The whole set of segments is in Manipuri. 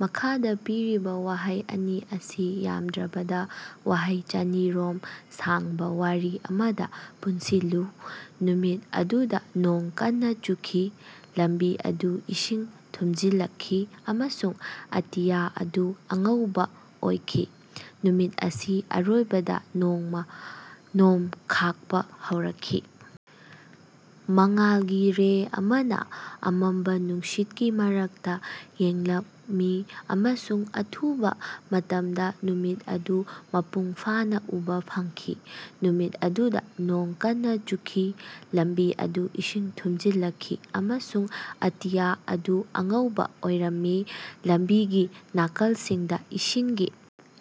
ꯃꯈꯥꯗ ꯄꯤꯔꯤꯕ ꯋꯥꯍꯩ ꯑꯅꯤ ꯑꯁꯤ ꯌꯥꯝꯗ꯭ꯔꯕꯗ ꯋꯥꯍꯩ ꯆꯅꯤ ꯔꯣꯝ ꯁꯥꯡꯕ ꯋꯥꯔꯤ ꯑꯃꯗ ꯄꯨꯟꯁꯤꯜꯂꯨ꯫ ꯅꯨꯃꯤꯠ ꯑꯗꯨꯗ ꯅꯣꯡ ꯀꯟꯅ ꯆꯨꯈꯤ꯫ ꯂꯝꯕꯤ ꯑꯗꯨ ꯏꯁꯤꯡ ꯊꯨꯃꯖꯤꯜꯂꯛꯈꯤ ꯑꯃꯁꯨꯡ ꯑꯇꯤꯌꯥ ꯑꯗꯨ ꯑꯉꯧꯕꯥ ꯑꯣꯏꯈꯤ꯫ ꯅꯨꯃꯤꯠ ꯑꯁꯤ ꯑꯔꯣꯏꯕꯗ ꯅꯣꯡꯃ ꯈꯥꯛꯞ ꯍꯧꯔꯛꯈꯤ꯫ ꯃꯉꯥꯜꯒꯤ ꯔꯦ ꯑꯃꯅ ꯑꯃꯝꯕ ꯅꯨꯡꯁꯤꯠꯀꯤ ꯃꯔꯛꯇ ꯌꯦꯡꯂꯝꯃꯤ ꯑꯃꯁꯨꯡ ꯑꯊꯨꯕ ꯃꯇꯝꯗ ꯅꯨꯃꯤꯠ ꯑꯗꯨ ꯃꯄꯨꯡ ꯐꯥꯅ ꯎꯕꯥ ꯐꯪꯈꯤ꯫ ꯅꯨꯃꯤꯠ ꯑꯗꯨꯗ ꯅꯣꯡ ꯀꯟꯅ ꯆꯨꯈꯤ꯫ ꯂꯝꯕꯤ ꯑꯗꯨ ꯏꯁꯤꯡ ꯊꯨꯃꯖꯤꯜꯂꯛꯈꯤ, ꯑꯃꯁꯨꯡ ꯑꯇꯤꯌ ꯑꯗꯨ ꯑꯉꯧꯕ ꯑꯣꯏꯔꯝꯃꯤ꯫ ꯂꯝꯕꯤꯒꯤ ꯅꯥꯀꯜꯁꯤꯡꯗ ꯏꯁꯤꯡꯒꯤ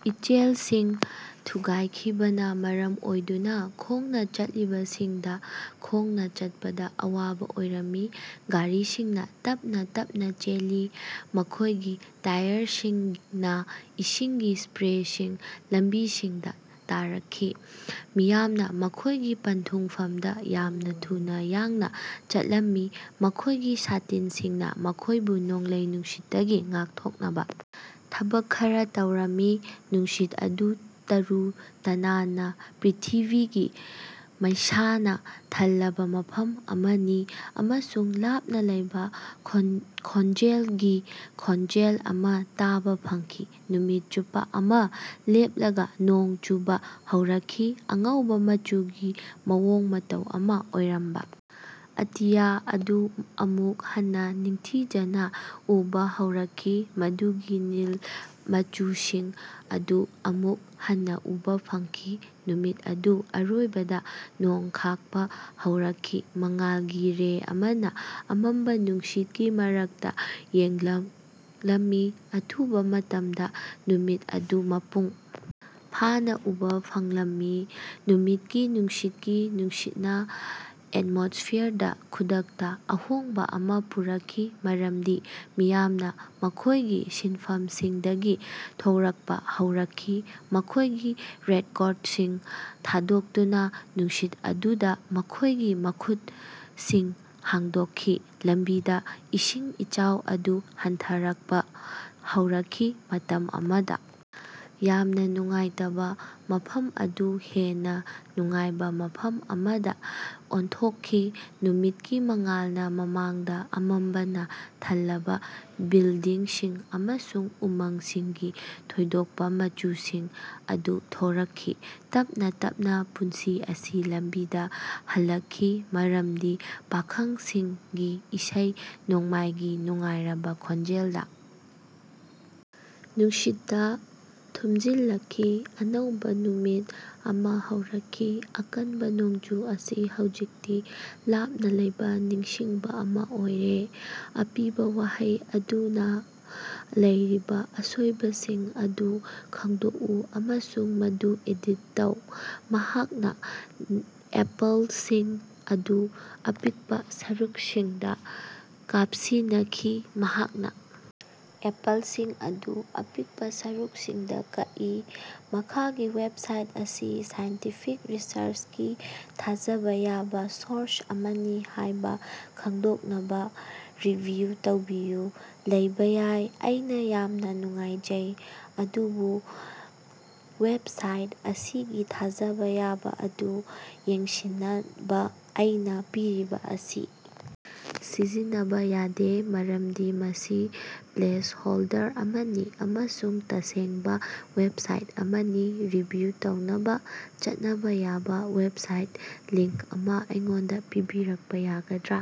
ꯏꯆꯦꯜꯁꯤꯡ ꯊꯨꯒꯥꯏꯈꯤꯕꯅ ꯃꯔꯝ ꯑꯣꯏꯗꯨꯅ ꯈꯣꯡꯅ ꯆꯠꯂꯤꯕꯁꯤꯡꯗ ꯈꯣꯡꯅ ꯆꯠꯄꯗ ꯑꯋꯥꯕ ꯑꯣꯏꯔꯝꯃꯤ꯫ ꯒꯥꯔꯤꯁꯤꯡꯅ ꯇꯞꯅ ꯇꯞꯅ ꯆꯦꯜꯂꯤ, ꯃꯈꯣꯌꯒꯤ ꯇꯌꯥꯔꯁꯤꯡꯅ ꯏꯁꯤꯡꯒꯤ ꯁ꯭ꯄꯔꯦꯁꯤꯡ ꯂꯝꯕꯤꯁꯤꯡꯗ ꯊꯥꯔꯛꯈꯤ꯫ ꯃꯤꯌꯥꯝꯅ ꯃꯈꯣꯏꯒꯤ ꯄꯟꯊꯨꯡꯐꯝꯗ ꯌꯥꯝꯅ ꯊꯨꯅ ꯌꯥꯡꯅ ꯆꯠꯂꯝꯃꯤ, ꯃꯈꯣꯏꯒꯤ ꯁꯥꯇꯤꯟꯁꯤꯡꯅ ꯃꯈꯣꯏꯕꯨ ꯅꯣꯡꯂꯩ ꯅꯨꯡꯁꯤꯠꯇꯒꯤ ꯉꯥꯛꯊꯣꯛꯅꯕ ꯊꯕꯛ ꯈꯔ ꯇꯧꯔꯝꯃꯤ꯫ ꯅꯨꯡꯁꯤꯠ ꯑꯗꯨ ꯇꯔꯨ ꯇꯅꯥꯟꯕ ꯄ꯭ꯔ꯭ꯤꯊꯤꯕꯤꯒꯤ ꯃꯩꯁꯥꯅ ꯊꯜꯂꯕ ꯃꯐꯝ ꯑꯃꯅꯤ, ꯑꯃꯁꯨꯡ ꯂꯥꯞꯅ ꯂꯩꯕ ꯈꯣꯟꯖꯦꯜꯒꯤ ꯈꯣꯟꯖꯦꯜ ꯑꯃ ꯇꯥꯕ ꯐꯪꯈꯤ꯫ ꯅꯨꯃꯤꯠ ꯆꯨꯞꯄ ꯑꯃ ꯂꯦꯞꯂꯒ ꯅꯣꯡ ꯆꯨꯕ ꯍꯧꯔꯛꯈꯤ꯫ ꯑꯉꯧꯕ ꯃꯆꯨꯒꯤ ꯃꯑꯣꯡ ꯃꯇꯧ ꯑꯃ ꯑꯣꯏꯔꯝꯕ ꯑꯇꯤꯌꯥ ꯑꯗꯨ ꯑꯃꯨꯛ ꯍꯟꯅ ꯅꯤꯡꯊꯤꯖꯅ ꯎꯕ ꯍꯧꯔꯛꯈꯤ, ꯃꯗꯨꯒꯤ ꯅꯤꯜ ꯃꯆꯨꯁꯤꯡ ꯑꯗꯨ ꯑꯃꯨꯛ ꯍꯟꯅ ꯎꯕ ꯐꯪꯈꯤ꯫ ꯅꯨꯃꯤꯠ ꯑꯗꯨ ꯑꯔꯣꯏꯕꯗ ꯅꯣꯡ ꯈꯥꯛꯞ ꯍꯧꯔꯛꯈꯤ꯫ ꯃꯉꯥꯜꯒꯤ ꯔꯦ ꯑꯃꯅ ꯑꯃꯝꯕ ꯅꯨꯡꯁꯤꯠꯀꯤ ꯃꯔꯛꯇ ꯌꯦꯡꯂꯛꯂꯝꯃꯤ, ꯑꯊꯨꯕ ꯃꯇꯃꯗ ꯅꯨꯃꯤꯠ ꯑꯗꯨ ꯃꯄꯨꯡ ꯐꯥꯅ ꯎꯕ ꯐꯪꯂꯝꯃꯤ꯫ ꯅꯨꯃꯤꯠꯀꯤ ꯅꯨꯡꯁꯤꯠꯀꯤ ꯅꯨꯡꯁꯤꯠꯅ ꯑꯦꯠꯃꯣꯁ꯭ꯐꯤꯌꯔꯗ ꯈꯨꯗꯛꯇ ꯑꯍꯣꯡꯕ ꯑꯃ ꯄꯨꯔꯛꯈꯤ, ꯃꯔꯝꯗꯤ ꯃꯤꯌꯥꯝꯅ ꯃꯈꯣꯏꯒꯤ ꯁꯤꯟꯐꯝꯁꯤꯡꯗꯒꯤ ꯊꯣꯔꯛꯄ ꯍꯧꯔꯛꯈꯤ, ꯃꯈꯣꯏꯒꯤ ꯔꯦꯟꯀꯣꯠꯁꯤꯡ ꯊꯥꯗꯣꯛꯇꯨꯅ ꯅꯨꯡꯁꯤꯠ ꯑꯗꯨꯗ ꯃꯈꯣꯏꯒꯤ ꯃꯈꯨꯠꯁꯤꯡ ꯍꯥꯡꯗꯣꯛꯈꯤ꯫ ꯂꯝꯕꯤꯗ ꯏꯁꯤꯡ ꯏꯆꯥꯎ ꯑꯗꯨ ꯍꯟꯊꯔꯛꯄ ꯍꯧꯔꯛꯈꯤ, ꯃꯇꯝ ꯑꯃꯗ ꯌꯥꯝꯅ ꯅꯨꯡꯉꯥꯏꯇꯕ ꯃꯐꯝ ꯑꯗꯨ ꯍꯦꯟꯅ ꯅꯨꯡꯉꯥꯏꯕ ꯃꯐꯝ ꯑꯃꯗ ꯑꯣꯟꯊꯣꯛꯈꯤ꯫ ꯅꯨꯃꯤꯠꯀꯤ ꯃꯉꯥꯜꯅ ꯃꯃꯥꯡꯗ ꯑꯃꯝꯕꯅ ꯊꯜꯂꯕ ꯕꯤꯜꯗꯤꯡꯁꯤꯡ ꯑꯃꯁꯨꯡ ꯎꯃꯪꯁꯤꯡꯒꯤ ꯊꯣꯏꯗꯣꯛꯄ ꯃꯆꯨꯁꯤꯡ ꯑꯗꯨ ꯊꯣꯔꯛꯈꯤ꯫ ꯇꯞꯅ ꯇꯞꯅ ꯄꯨꯟꯁꯤ ꯑꯁꯤ ꯂꯝꯕꯤꯗ ꯍꯜꯂꯛꯈꯤ, ꯃꯔꯞꯗꯤ ꯄꯥꯈꯪꯁꯤꯡꯒꯤ ꯏꯁꯩ ꯅꯣꯡꯃꯥꯏꯒꯤ ꯅꯨꯡꯉꯥꯏꯔꯕ ꯈꯣꯟꯖꯦꯂꯅ ꯅꯨꯡꯁꯤꯠꯇ ꯊꯨꯃꯖꯤꯜꯂꯛꯈꯤ꯫ ꯑꯅꯧꯕ ꯅꯨꯃꯤꯠ ꯑꯃ ꯍꯧꯔꯛꯈꯤ, ꯑꯀꯟꯕ ꯅꯣꯡꯖꯨ ꯑꯁꯤ ꯍꯧꯖꯤꯛꯇꯤ ꯂꯥꯞꯅ ꯂꯩꯕ ꯅꯤꯡꯁꯤꯡꯕ ꯑꯃ ꯑꯣꯏꯔꯦ꯫ ꯑꯄꯤꯕ ꯋꯥꯍꯩ ꯑꯗꯨꯗ ꯂꯩꯔꯤꯕ ꯑꯁꯣꯏꯕꯁꯤꯡ ꯑꯗꯨ ꯈꯪꯗꯣꯛꯎ ꯑꯃꯁꯨꯡ ꯃꯗꯨ ꯑꯦꯗꯤꯠ ꯇꯧ꯫ ꯃꯍꯥꯛꯅ ꯑꯦꯄꯜꯁꯤꯡ ꯑꯗꯨ ꯑꯄꯤꯛꯄ ꯁꯔꯨꯛꯁꯤꯡꯗ ꯀꯥꯞꯁꯤꯅꯈꯤ꯫ ꯃꯍꯥꯛꯅ ꯑꯦꯄꯜꯁꯤꯡ ꯑꯗꯨ ꯑꯄꯤꯛꯄ ꯁꯔꯨꯛꯁꯤꯡꯗ ꯀꯛꯏ꯫ ꯃꯈꯥꯒꯤ ꯋꯦꯕꯁꯥꯏꯠ ꯑꯁꯤ ꯁꯥꯏꯟꯇꯤꯐꯤꯛ ꯔꯤꯁꯔꯆꯀꯤ ꯊꯥꯖꯕ ꯌꯥꯕ ꯁꯣꯔꯁ ꯑꯃꯅꯤ ꯍꯥꯏꯕ ꯈꯪꯗꯣꯛꯅꯕ ꯔꯤꯚꯤꯌꯨ ꯇꯧꯕꯤꯌꯨ꯫ ꯂꯩꯕ ꯌꯥꯏ꯫ ꯑꯩꯅ ꯌꯥꯝꯅ ꯅꯨꯡꯉꯥꯏꯖꯩ, ꯑꯗꯨꯕꯨ ꯋꯦꯕꯁꯥꯏꯠ ꯑꯁꯤꯒꯤ ꯊꯥꯖꯕ ꯌꯥꯕ ꯑꯗꯨ ꯌꯦꯡꯁꯤꯟꯅꯕ ꯑꯩꯅꯥ ꯄꯤꯔꯤꯕ ꯑꯁꯤ ꯁꯤꯖꯤꯟꯅꯕ ꯌꯥꯗꯦ ꯃꯔꯝꯗꯤ ꯃꯁꯤ ꯄ꯭ꯂꯦꯁꯍꯣꯜꯗꯔ ꯑꯃꯅꯤ ꯑꯃꯁꯨꯡ ꯇꯁꯦꯡꯕ ꯋꯦꯕꯁꯥꯏꯠ ꯑꯃꯅꯤ꯫ ꯔꯤꯚꯤꯌꯨ ꯇꯧꯅꯕ ꯆꯠꯅꯕ ꯌꯥꯕꯥ ꯋꯦꯕꯁꯥꯏꯠ ꯂꯤꯡꯛ ꯑꯃ ꯑꯩꯉꯣꯟꯗꯥ ꯄꯤꯕꯤꯔꯛꯄ ꯌꯥꯒꯗ꯭ꯔꯥ